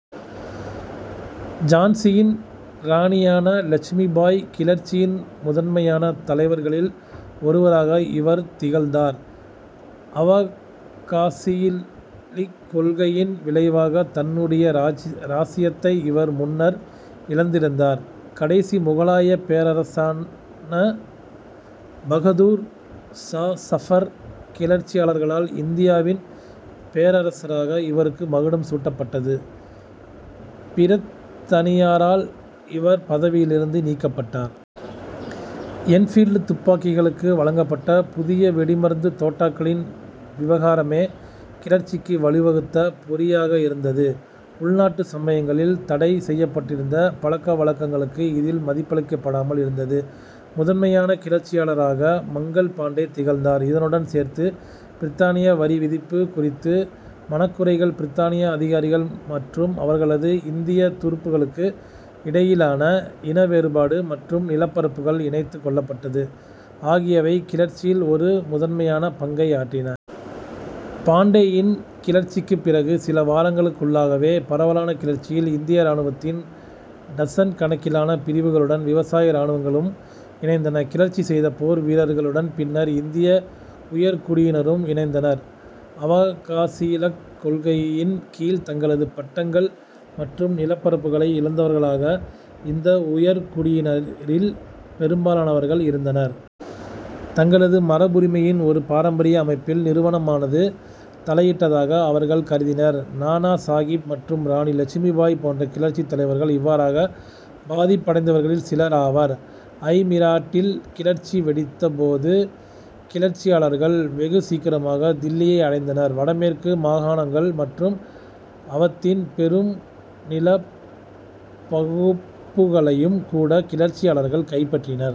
ஜான்சியின் இராணியான இலட்சுமிபாய். கிளர்ச்சியின் முதன்மையான தலைவர்களில் ஒருவராக இவர் திகழ்ந்தார். அவகாசியிலிக் கொள்கையின் விளைவாக தன்னுடைய இராச்சியத்தை இவர் முன்னர் இழந்திருந்தார். கடைசி முகலாயப் பேரரசரான பகதூர் சா சஃபார். கிளர்ச்சியாளர்களால் இந்தியாவின் பேரரசராக இவருக்கு மகுடம் சூட்டப்பட்டது. பிரித்தனியரால் இவர் பதவியிலிருந்து நீக்கப்பட்டார். என்பீல்டு துப்பாக்கிகளுக்காக வழங்கப்பட்ட புதிய வெடிமருந்துத் தோட்டாக்களின் விவகாரமே கிளர்ச்சிக்கு வழி வகுத்த பொறியாக இருந்தது. உள்நாட்டு சமயங்களில் தடை செய்யப்பட்டிருந்த பழக்க வழக்கங்களுக்கு இதில் மதிப்பளிக்கப்படாமல் இருந்தது. முதன்மையான கிளர்ச்சியாளராக மங்கள் பாண்டே திகழ்ந்தார். இதனுடன் சேர்த்து பிரித்தானிய வரி விதிப்பு குறித்த மனக்குறைகள், பிரித்தானிய அதிகாரிகள் மற்றும் அவர்களது இந்தியத் துருப்புக்களுக்கு இடையிலான இன வேறுபாடு மற்றும் நிலப்பரப்புகள் இணைத்துக் கொள்ளப்பட்டது ஆகியவை கிளர்ச்சியில் ஒரு முதன்மையான பங்கை ஆற்றின. பாண்டேயின் கிளர்ச்சிக்குப் பிறகு சில வாரங்களுக்குள்ளாகவே பரவலான கிளர்ச்சியில் இந்திய இராணுவத்தின் டசன் கணக்கிலான பிரிவுகளுடன், விவசாய இராணுவங்களும் இணைந்தன. கிளர்ச்சி செய்த போர் வீரர்களுடன் பின்னர் இந்திய உயர்குடியினரும் இணைந்தனர். அவகாசியிலிக் கொள்கையின் கீழ் தங்களது பட்டங்கள் மற்றும் நிலப்பரப்புகளை இழந்தவர்களாக இந்த உயர்குடியினரில் பெரும்பாலானவர்கள் இருந்தனர். தங்களது மரபுரிமையின் ஒரு பாரம்பரிய அமைப்பில் நிறுவனமானது தலையிட்டதாக அவர்கள் கருதினர். நானா சாகிப் மற்றும் இராணி இலட்சுமிபாய் போன்ற கிளர்ச்சித் தலைவர்கள் இவ்வாறாக பாதிப்படைந்தவர்களில் சிலர் ஆவர்.। மீரட்டில் கிளர்ச்சி வெடித்த போது கிளர்ச்சியாளர்கள் வெகு சீக்கிரமாக தில்லியை அடைந்தனர். வடமேற்கு மாகாணங்கள் மற்றும் அவத்தின் பெரும் நிலப்பகுப்புகளையும் கூட கிளர்ச்சியாளர்கள் கைப்பற்றினர்.